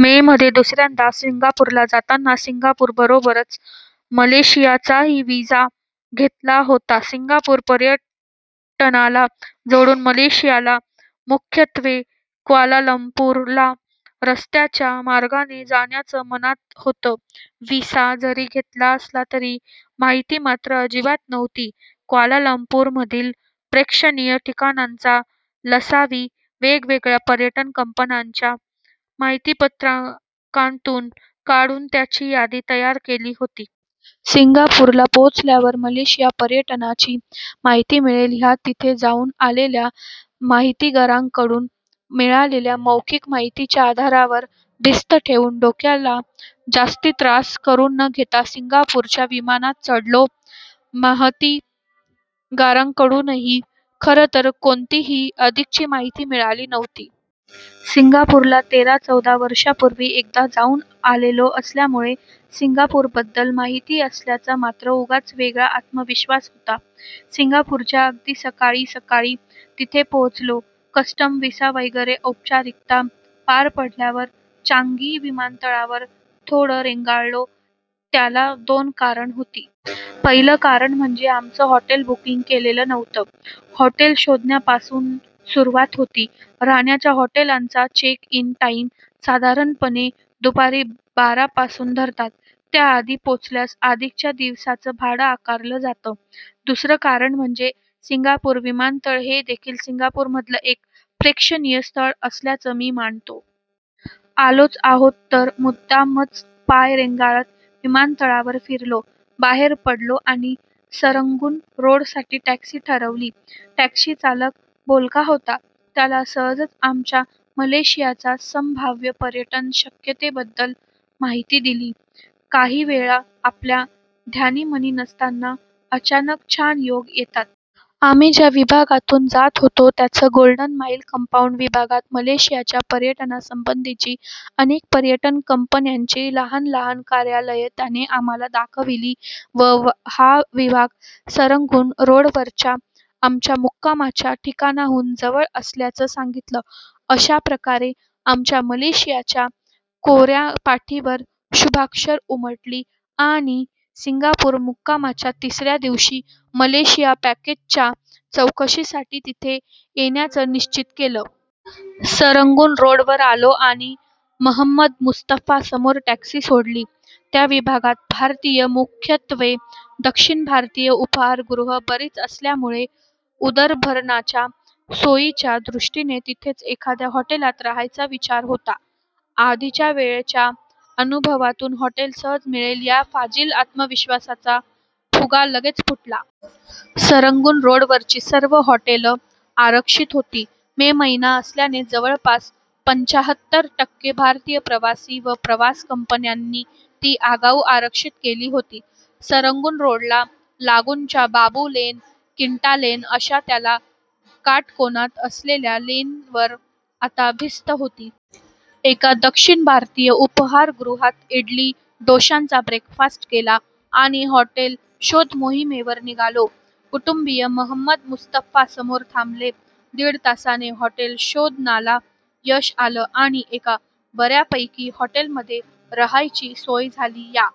मे मधे दुसऱ्यांदा सिंगापूरला जाताना, सिंगापूर बरोबरच मलेशियाचाही व्हिसा घेतला होता. सिंगापूर पर्यटनाला जोडून मलेशियाला, मुख्यत्वे क्वालालंपूरला रस्त्याच्या मार्गाने जाण्याचं मनात होतं. व्हिसा जरी घेतला असला तरी माहिती मात्र अजिबात नव्हती. क्वालालंपूरमधील प्रेक्षणीय ठिकाणांचा 'लसावि' वेगवेगळ्या पर्यटन कंपन्यांच्या माहितीपत्रकांतून काढून त्याची यादी तयार केली होती. 'सिंगापूरला पोहोचल्यावर मलेशिया पर्यटनाची माहिती मिळेल' ह्या तिथे जाऊन आलेल्या 'माहितगारांकडून' मिळालेल्या मौखिक माहितीच्या आधारावर भिस्त ठेवून, डोक्याला जास्ती त्रास करून न घेता सिंगापूरच्या विमानात चढलो. माहितगारांकडूनही खरंतर कोणतीही अधिकची माहिती मिळाली नव्हती. सिंगापूरला तेरा- चौदा वर्षांपूर्वी, एकदा जाऊन आलेलो असल्यामुळे, सिंगापूरबद्दल माहिती असल्याचा मात्र उगाच वेगळा आत्मविश्वास होता. सिंगापूरच्या अगदी सक्काळी सक्काळी तिथे पोहोचलो. कस्टम, व्हिसा वगैरे औपचारिकता पार पडल्यावर, चांगी विमानतळावर थोडं रेंगाळलो. त्याला दोन कारणं होती. पहिलं कारण म्हणजे, आमचं हॉटेल बुकिंग केलेलं नव्हतं. हॉटेल शोधण्यापासून सुरुवात होती. राहण्याच्या हॉटेलांचा 'चेक इन टाईम' साधारणपणे दुपारी बारा पासून धरतात, त्याआधी पोहोचल्यास अधिकच्या दिवसाचं भाडं आकारलं जातं. दुसरं कारण म्हणजे सिंगापूर विमानतळ हे देखील सिंगापूरमधलं एक प्रेक्षणीय स्थळ असल्याचं मी मानतो. आलोच आहोत तर मुद्दामच पाय रेंगाळत, विमानतळावर फिरलो. बाहेर पडलो आणि सरंगून रोडसाठी टॅक्सी ठरवली. टॅक्सी चालक बोलका होता. त्याला सहजच आमच्या मलेशियाच्या संभाव्य पर्यटन शक्यतेबद्दल माहिती दिली. काही वेळा, आपल्या ध्यानीमनी नसताना अचानक छान योग येतात. आम्ही ज्या विभागातून जात होतो त्याच 'गोल्डन माईल कंपाउंड' विभागात मलेशियाच्या पर्यटनासंबंधीची अनेक पर्यटन कंपन्यांची लहान लहान कार्यालयं त्याने आम्हाला दाखवली व हा विभाग सरंगून रोडवरच्या आमच्या मुक्कामाच्या ठिकाणाहून जवळ असल्याचं सांगितलं. अशाप्रकारे आमच्या मलेशियाच्या कोऱ्या पाटीवर शुभाक्षरं उमटली आणि सिंगापूर मुक्कामाच्या तिसऱ्या दिवशी मलेशिया पॅकेजच्या चौकशीसाठी तिथे येण्याचं निश्चित केलं. सरंगून रोडवर आलो आणि 'महंमद मुस्तफा'समोर टॅक्सी सोडली. त्या विभागात भारतीय, मुख्यत्वे दक्षिण भारतीय उपहारगृह बरीच असल्यामुळे, उदरभरणाच्या सोयीच्या दृष्टीने, तिथेच एखाद्या हॉटेलात राहायचा विचार होता. आधीच्या वेळच्या अनुभवातून हॉटेल सहज मिळेल ह्या फाजील आत्मविश्वासाचा फुगा लगेचच फुटला. सरंगून रोडवरची सर्व हॉटेलं आरक्षित होती. मे महिना असल्याने जवळपास पंच्याहत्तर टक्के भारतीय प्रवासी व प्रवास कंपन्यांनी ती आगाऊ आरक्षित केली होती. सरंगून रोडला लागूनच्या बाबू लेन, किंटा लेन अशा त्याला काटकोनात असलेल्या लेनवर आता भिस्त होती. एका दक्षिण भारतीय उपहारगृहात इडली, डोशांचा ब्रेकफास्ट केला आणि हॉटेल शोधमोहिमेवर निघालो. कुटुंबीय महंमद मुस्तफासमोर थांबले. दीड तासाने हॉटेल शोधनाला यश आलं आणि एका बऱ्यापैकी हॉटेलमध्ये राहायची सोय झाली. ह्या